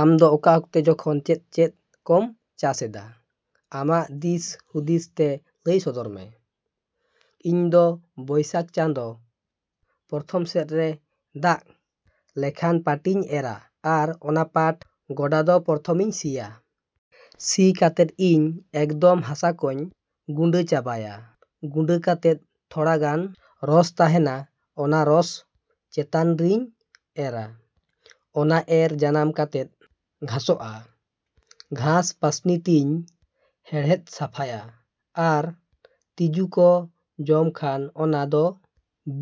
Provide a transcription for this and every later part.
ᱟᱢᱫᱚ ᱚᱠᱟ ᱚᱠᱛᱮ ᱡᱚᱠᱷᱚᱱ ᱪᱮᱫᱼᱪᱮᱫ ᱠᱚᱢ ᱪᱟᱥ ᱮᱫᱟ, ᱟᱢᱟᱜ ᱫᱤᱥ ᱦᱩᱫᱤᱥ ᱛᱮ ᱞᱟᱹᱭ ᱥᱚᱫᱚᱨ ᱢᱮ? ᱤᱧᱫᱚ ᱵᱳᱭᱥᱟᱠᱷ ᱪᱟᱸᱫᱚ ᱯᱨᱚᱛᱷᱚᱢ ᱥᱮᱫ ᱨᱮ ᱫᱟᱜ ᱞᱮᱠᱷᱟᱱ ᱯᱟᱴᱤᱧ ᱮᱨᱟ ᱟᱨ ᱚᱱᱟ ᱯᱟᱴ ᱜᱚᱰᱟ ᱫᱚ ᱯᱨᱚᱛᱷᱚᱢ ᱤᱧ ᱥᱤᱭᱟ᱾ ᱥᱤ ᱠᱟᱛᱮᱫ ᱤᱧ ᱮᱠᱫᱚᱢ ᱦᱟᱥᱟ ᱠᱚᱧ ᱜᱩᱸᱰᱟᱹ ᱪᱟᱵᱟᱭᱟ᱾ ᱜᱩᱸᱰᱟᱹ ᱠᱟᱛᱮᱫ ᱛᱷᱚᱲᱟᱜᱟᱱ ᱨᱚᱥ ᱛᱟᱦᱮᱱᱟ, ᱚᱱᱟ ᱨᱚᱥ ᱪᱮᱛᱟᱱ ᱨᱤᱧ ᱮᱨᱟ᱾ ᱚᱱᱟ ᱮᱨ ᱡᱟᱱᱟᱢ ᱠᱟᱛᱮᱫ ᱜᱷᱟᱥᱚᱜᱼᱟ, ᱜᱷᱟᱥ ᱯᱟᱥᱱᱤ ᱛᱤᱧ ᱦᱮᱲᱦᱮᱫ ᱥᱟᱯᱷᱟᱭᱟ᱾ ᱟᱨ ᱛᱤᱸᱡᱩ ᱠᱚ ᱡᱚᱢ ᱠᱷᱟᱱ ᱚᱱᱟ ᱫᱚ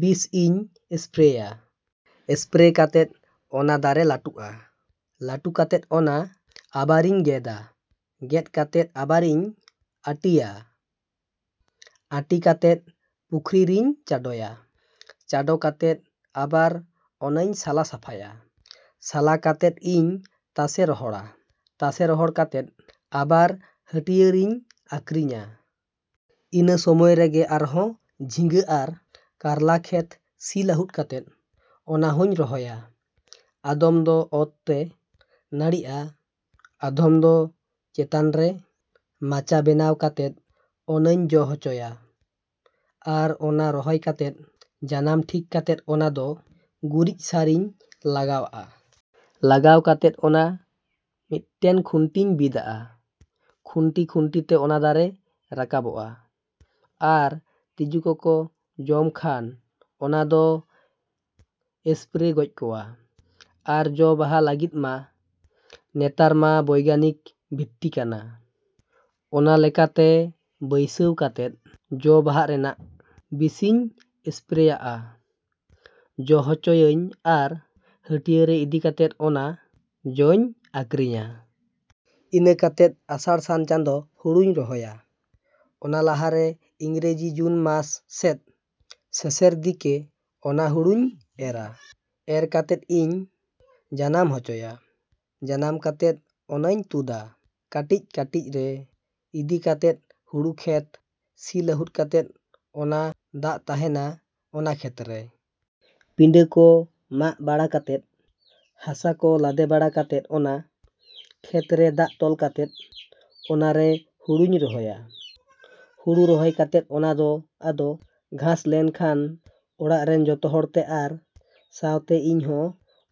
ᱵᱤᱥ ᱤᱧ ᱥᱯᱨᱮᱭᱟ᱾ ᱥᱯᱨᱮ ᱠᱟᱛᱮᱫ ᱚᱱᱟ ᱫᱟᱨᱮ ᱞᱟᱹᱴᱩᱜᱼᱟ᱾ ᱞᱟᱹᱴᱩ ᱠᱟᱛᱮᱫ ᱚᱱᱟ ᱟᱵᱟᱨᱤᱧ ᱜᱮᱫᱟ᱾ ᱜᱮᱫ ᱠᱟᱛᱮᱫ ᱟᱵᱟᱨᱤᱧ ᱟᱹᱴᱤᱭᱟ᱾ ᱟᱹᱴᱤ ᱠᱟᱛᱮᱫ ᱯᱩᱠᱷᱨᱤ ᱨᱤᱧ ᱪᱟᱰᱚᱭᱟ᱾ ᱪᱟᱰᱚ ᱠᱟᱛᱮᱫ ᱟᱵᱟᱨ ᱚᱱᱟᱧ ᱥᱟᱞᱟ ᱥᱟᱯᱷᱟᱭᱟ᱾ ᱥᱟᱞᱟ ᱠᱟᱛᱮᱫ ᱤᱧ ᱛᱟᱥᱮ ᱨᱚᱦᱚᱲᱟ᱾ ᱛᱟᱥᱮ ᱨᱚᱦᱚᱲ ᱠᱟᱛᱮᱫ ᱟᱵᱟᱨ ᱦᱟᱹᱴᱭᱟᱹ ᱨᱤᱧ ᱟᱹᱠᱷᱨᱤᱧᱟ᱾ ᱤᱱᱟᱹ ᱥᱚᱢᱚᱭ ᱨᱮᱜᱮ ᱟᱨᱦᱚᱸ ᱡᱷᱤᱸᱜᱟᱹ ᱟᱨ ᱠᱟᱨᱞᱟ ᱠᱷᱮᱛ ᱥᱤ ᱞᱟᱹᱦᱩᱫ ᱠᱟᱛᱮᱫ ᱚᱱᱟ ᱦᱚᱧ ᱨᱚᱦᱚᱭᱟ᱾ ᱟᱫᱷᱚᱢ ᱫᱚ ᱚᱛ ᱛᱮ ᱱᱟᱹᱲᱤᱜᱼᱟ, ᱟᱫᱷᱚᱢ ᱫᱚ ᱪᱮᱛᱟᱱ ᱨᱮ ᱢᱟᱪᱟ ᱵᱮᱱᱟᱣ ᱠᱟᱛᱮᱫ ᱚᱱᱟᱧ ᱡᱚ ᱦᱚᱪᱚᱭᱟ᱾ ᱟᱨ ᱚᱱᱟ ᱨᱚᱦᱚᱭ ᱠᱟᱛᱮᱫ ᱡᱟᱱᱟᱢ ᱴᱷᱤᱠ ᱠᱟᱛᱮᱫ ᱚᱱᱟ ᱫᱚ ᱜᱩᱨᱤᱡ ᱥᱟᱨᱤᱧ ᱞᱟᱜᱟᱣ ᱟᱜᱼᱟ᱾ ᱞᱟᱜᱟᱣ ᱠᱟᱛᱮᱫ ᱚᱱᱟ ᱢᱤᱫᱴᱮᱱ ᱠᱷᱩᱱᱴᱤᱧ ᱵᱤᱫᱟᱜᱼᱟ᱾ ᱠᱷᱩᱱᱴᱤᱼᱠᱷᱩᱱᱴᱤ ᱛᱮ ᱚᱱᱟ ᱫᱟᱨᱮ ᱨᱟᱠᱟᱵᱚᱜᱼᱟ᱾ ᱟᱨ ᱛᱤᱡᱩ ᱠᱚᱠᱚ ᱡᱚᱢ ᱠᱷᱟᱱ ᱚᱱᱟ ᱫᱚ ᱥᱯᱨᱮ ᱜᱚᱡ ᱠᱚᱣᱟ᱾ ᱟᱨ ᱡᱚ ᱵᱟᱦᱟᱜ ᱞᱟᱹᱜᱤᱫ ᱢᱟ ᱱᱮᱛᱟᱨ ᱢᱟ ᱵᱳᱭᱜᱟᱱᱤᱠ ᱵᱷᱤᱛᱛᱤ ᱠᱟᱱᱟ᱾ ᱚᱱᱟ ᱞᱮᱠᱟᱛᱮ ᱵᱟᱹᱭᱥᱟᱹᱣ ᱠᱟᱛᱮᱫ ᱡᱚᱼᱵᱟᱦᱟᱜ ᱨᱮᱭᱟᱜ ᱵᱤᱥᱤᱧ ᱥᱯᱨᱮᱭᱟᱜᱼᱟ, ᱡᱚ ᱦᱚᱪᱚᱭᱟᱹᱧ ᱟᱨ ᱦᱟᱹᱴᱭᱟᱹ ᱨᱮ ᱤᱫᱤ ᱠᱟᱛᱮᱫ ᱚᱱᱟ ᱡᱚᱧ ᱟᱹᱠᱷᱨᱤᱧᱟ᱾ ᱤᱱᱟᱹ ᱠᱟᱛᱮᱫ ᱟᱥᱟᱲᱼᱥᱟᱱ ᱪᱟᱸᱫᱚ ᱦᱩᱲᱩᱧ ᱨᱚᱦᱚᱭᱟ᱾ ᱚᱱᱟ ᱞᱟᱦᱟᱨᱮ ᱤᱝᱨᱮᱡᱤ ᱡᱩᱱ ᱢᱟᱥ ᱥᱮᱫ ᱥᱮᱥᱮᱨ ᱫᱤᱠᱮ ᱚᱱᱟ ᱦᱩᱲᱩᱧ ᱮᱨᱟ᱾ ᱮᱨ ᱠᱟᱛᱮᱫ ᱤᱧ ᱡᱟᱱᱟᱢ ᱦᱚᱪᱚᱭᱟ᱾ ᱡᱟᱱᱟᱢ ᱠᱟᱛᱮᱫ ᱚᱱᱟᱧ ᱛᱩᱫᱟ ᱠᱟᱹᱴᱤᱡᱼᱠᱟᱹᱴᱤᱡ ᱨᱮ ᱤᱫᱤ ᱠᱟᱛᱮᱫ ᱦᱩᱲᱩ ᱠᱷᱮᱛ ᱥᱤ ᱞᱟᱹᱦᱩᱫ ᱠᱟᱛᱮᱫ ᱚᱱᱟ ᱫᱟᱜ ᱛᱟᱦᱮᱱᱟ ᱚᱱᱟ ᱠᱷᱮᱛᱨᱮ᱾ ᱯᱤᱰᱷᱟᱹ ᱠᱚ ᱢᱟᱜ ᱵᱟᱲᱟ ᱠᱟᱛᱮᱫ, ᱦᱟᱥᱟ ᱠᱚ ᱞᱟᱫᱮ ᱵᱟᱲᱟ ᱠᱟᱛᱮᱫ ᱚᱱᱟ ᱠᱷᱮᱛ ᱨᱮ ᱫᱟᱜ ᱛᱚᱞ ᱠᱟᱛᱮᱫ ᱚᱱᱟᱨᱮ ᱦᱩᱲᱩᱧ ᱨᱚᱦᱚᱭᱟ᱾ ᱦᱩᱲᱩ ᱨᱚᱦᱚᱭ ᱠᱟᱛᱮᱫ ᱚᱱᱟ ᱫᱚ ᱟᱫᱚ ᱜᱷᱟᱥ ᱞᱮᱱᱠᱷᱟᱱ ᱚᱲᱟᱜ ᱨᱮᱱ ᱡᱚᱛᱚ ᱦᱚᱲᱛᱮ ᱟᱨ ᱥᱟᱣᱛᱮ ᱤᱧ ᱦᱚᱸ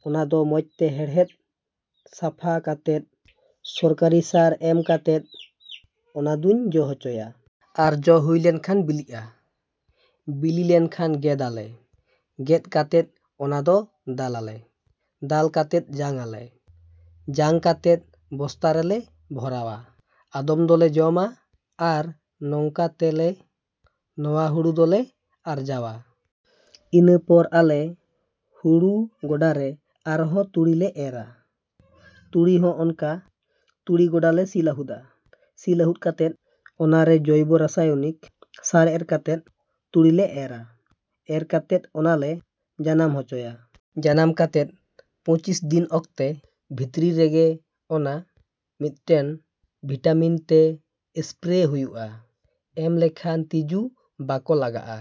ᱚᱱᱟ ᱫᱚ ᱢᱚᱡᱽ ᱛᱮ ᱦᱮᱲᱦᱮᱫ ᱥᱟᱯᱷᱟ ᱠᱟᱛᱮᱫ ᱥᱚᱨᱠᱟᱨᱤ ᱥᱟᱨ ᱮᱢ ᱠᱟᱛᱮᱫ ᱚᱱᱟ ᱫᱩᱧ ᱡᱚ ᱦᱚᱪᱚᱭᱟ᱾ ᱟᱨ ᱡᱚ ᱦᱩᱭ ᱞᱮᱱᱠᱷᱟᱱ ᱵᱤᱞᱤᱜᱼᱟ᱾ ᱵᱤᱞᱤ ᱞᱮᱱᱠᱷᱟᱱ ᱜᱮᱫ ᱟᱞᱮ᱾ ᱜᱮᱫ ᱠᱟᱛᱮᱫ ᱚᱱᱟ ᱫᱚ ᱫᱟᱞ ᱟᱞᱮ᱾ ᱫᱟᱞ ᱠᱟᱛᱮᱫ ᱡᱟᱝ ᱟᱞᱮ᱾ ᱡᱟᱝ ᱠᱟᱛᱮᱫ ᱵᱚᱥᱛᱟ ᱨᱮᱞᱮ ᱵᱷᱚᱨᱟᱣᱟ᱾ ᱟᱫᱚᱢ ᱫᱚᱞᱮ ᱡᱚᱢᱟ᱾ ᱟᱨ ᱱᱚᱝᱠᱟ ᱛᱮ ᱞᱮ ᱱᱚᱣᱟ ᱦᱩᱲᱩ ᱫᱚᱞᱮ ᱟᱨᱡᱟᱣᱟ᱾ ᱤᱱᱟᱹ ᱯᱚᱨ ᱟᱞᱮ ᱦᱩᱲᱩ ᱜᱚᱰᱟᱨᱮ ᱟᱨᱦᱚᱸ ᱛᱩᱲᱤ ᱞᱮ ᱮᱨᱟ᱾ ᱛᱩᱲᱤ ᱦᱚᱸ ᱚᱱᱠᱟ ᱛᱩᱲᱤ ᱜᱚᱰᱟ ᱞᱮ ᱥᱤ ᱞᱟᱹᱦᱩᱫᱟ᱾ ᱥᱤ ᱞᱟᱹᱦᱩᱫ ᱠᱟᱛᱮᱫ ᱚᱱᱟᱨᱮ ᱡᱳᱭᱵᱚ ᱨᱟᱥᱟᱭᱚᱱᱤᱠ ᱥᱟᱨ ᱮᱨ ᱠᱟᱛᱮᱫ ᱛᱩᱲᱤᱞᱮ ᱮᱨᱟ᱾ ᱮᱨ ᱠᱟᱛᱮᱫ ᱚᱱᱟᱞᱮ ᱡᱟᱱᱟᱢ ᱦᱚᱪᱚᱭᱟ᱾ ᱡᱟᱱᱟᱢ ᱠᱟᱛᱮᱫ ᱯᱚᱸᱪᱤᱥ ᱫᱤᱱ ᱚᱠᱛᱮ ᱵᱷᱤᱛᱨᱤ ᱨᱮᱜᱮ ᱚᱱᱟ ᱢᱤᱫᱴᱮᱱ ᱵᱷᱤᱴᱟᱢᱤᱱ ᱛᱮ ᱥᱯᱨᱮ ᱦᱩᱭᱩᱜᱼᱟ᱾ ᱮᱢ ᱞᱮᱠᱷᱟᱱ ᱛᱤᱡᱩ ᱵᱟᱠᱚ ᱞᱟᱜᱟᱜᱼᱟ᱾